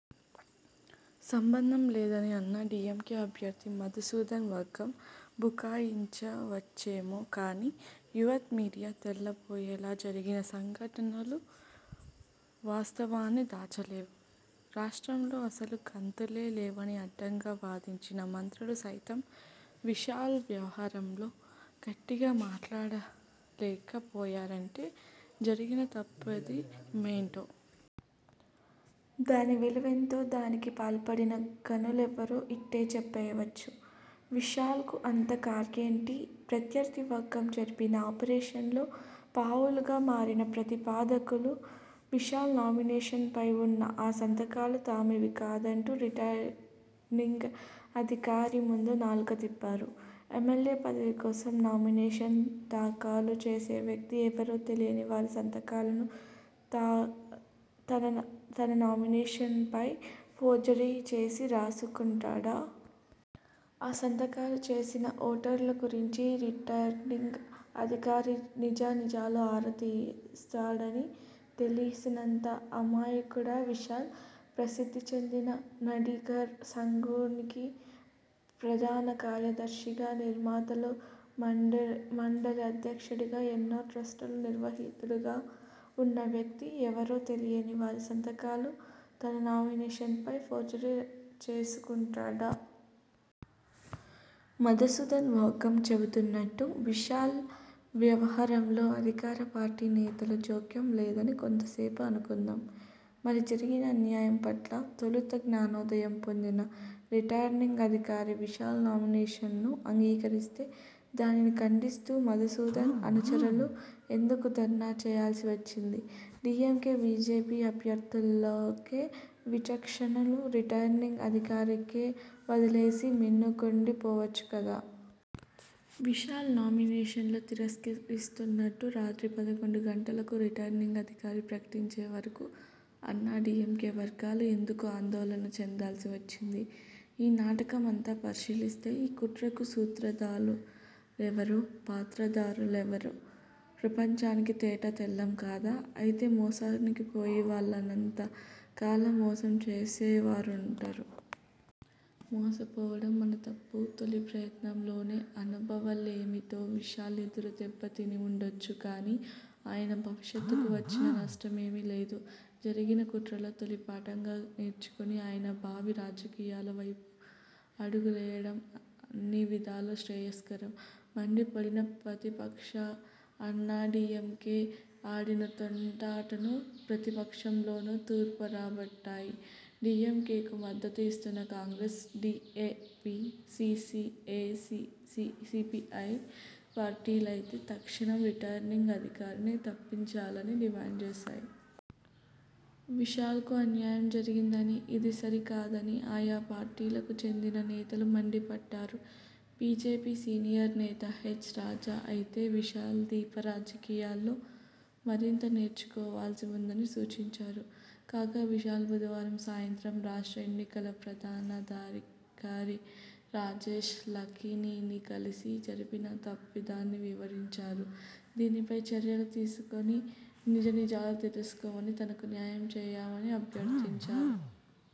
సంబంధం లేదని అన్నా డీఎంకే అభ్యర్థి మధుసూదన్ వర్గం బుకాయించ వచ్చేమో కానీ యావత్ మీడియా తెల్ల బోయేలా జరిగిన సంఘటనలు వాస్తవాన్ని దాచలేవు. రాష్ట్రంలో అసలు గుంతలే లేవని అడ్డంగా వాదించిన మంత్రులు సైతం, విశాల్ వ్యవహారంలో గట్టిగా మాట్లాడలేక పోయారంటే, జరిగిన తప్పిద మేంటో? దాని 'విలువెంతో'? దానికి పాల్పడిన ఘనులెవ్వరో ఇట్టే చెప్పయ్య వచ్చు. విశాల్కు అంత ఖర్మేంటి? ప్రత్యర్థి వర్గం జరిపిన 'ఆపరేషన్'లో పావులుగా మారిన 'ప్రతి పాదకులు', విశాల్ నామినేషన్ పయి వున్న ఆ సంతకాలు తమవి కావంటూ రిటర్నింగ్ అధికారి ముందు నాలుక తిప్పారు. ఎమ్మెల్యే పదవి కోసం నామినేషన్ దాఖలు చేసే వ్యక్తి ఎవరో తెలియని వారి సంతకాలను తన నామినేషన్పై ఫోర్జరీ చేసి రాసుకుంటాడా? ఆ సంతకాలు చేసిన ఓటర్ల గురించి రిటర్నింగ్ అధికారి నిజా నిజాలు ఆరా తీస్తాడని తెలియ నంత అమాయకుడా విశాల్? ప్రసిద్ధి చెందిన నడిగర్ సంఘానికి ప్రధాన కార్య దర్శిగా, నిర్మాతల మండలి అధ్యక్షుడిగా, ఎన్నో ట్రస్టులకు నిర్వాహకుడిగా వున్న వ్యక్తి, ఎవరో తెలియని వారి సంతకాలను తన నామినేషన్పై ఫోర్జరీ చేసుకుంటాడా? మధుసూదన్ వర్గం చెబుతున్నట్టు విశాల్ వ్యవహారంలో అధికార పార్టీ నేతల జోక్యం లేదని కొంతసేపు అనుకుందాం! మరి జరిగిన అన్యాయం పట్ల తొలుత జ్ఞానోదయం పొందిన రిటర్నింగ్ అధికారి విశాల్ నామినేషన్ను అంగీకరిస్తే, దానిని ఖండిస్తూ మధుసూదన్ అనుచరులు ఎందుకు ధర్నా చేయాల్సి వచ్చింది? డీఎంకే, బీజేపీ అభ్యర్థు ల్లానే విచక్షణను రిటర్నింగ్ అధికారికే వదిలేసి మిన్న కుండి పోవచ్చు కదా! విశాల్ నామినేషన్ను తిరస్కరిస్తున్నట్టు రాత్రి పదకొండు గంటలకు రిటర్నింగ్ అధికారి ప్రకటించే వరకూ అన్నా డీఎంకే వర్గాలు ఎందుకు ఆందోళన చేయాల్సి వచ్చింది? ఈ నాటక మంతా పరిశీలిస్తే ఈ కుట్రకు సూత్రధారు లెవరో, పాత్రధారు లెవరో ప్రపంచానికి తేట తెల్లం కాదా? అయితే మోసపోయే వాళ్లున్నంత కాలం మోసం చేసేవారుంటారు. మోసపోవడం మన తప్పు. తొలిప్రయత్నంలో అనుభవలేమితో విశాల్ ఎదురుదెబ్బ తిని వుండొచ్చు గానీ ఆయన భవితకు వచ్చిన నష్టమేమీ లేదు. జరిగిన కుట్రను 'తొలిపాఠం'గా నేర్చుకుని ఆయన భావి రాజకీయాలవైపు అడుగులేయడం అన్ని విధాలా శ్రేయస్కరం. మండిపడిన ప్రతిపక్షాలుఅన్నాడీఎంకే ఆడిన తొండాటను ప్రతిపక్షాలన్నీ తూర్పారబట్టాయి. డీఎంకేకు మద్దతు ఇస్తున్న కాంగ్రెస్, డీపీఐ, సీపీఎం, సీపీఐ పార్టీలైతే తక్షణం రిటర్నింగ్ అధికారిని తప్పించాలని డిమాండ్ చేశాయి. విశాల్కు అన్యాయం జరిగిందని, ఇది సరి కాదని ఆయా పార్టీలకు చెందిన నేతలు మండిపడ్డారు. బీజేపీ సీనియర్ నేత హెచ్. రాజా అయితే విశాల్, దీప రాజకీయాల్లో మరింత నేర్చుకోవాల్సి వుందని సూచించారు. కాగా విశాల్ బుధవారం సాయంత్రం రాష్ట్ర ఎన్నికల ప్రధానాధికారి రాజేష్ లఖానీని కలిసి జరిగిన తప్పిదాన్ని వివరించారు. దీనిపై చర్యలు తీసుకుని నిజానిజాలు తెలుసుకుని తనకు న్యాయం చేయాలని అభ్యర్థించారు.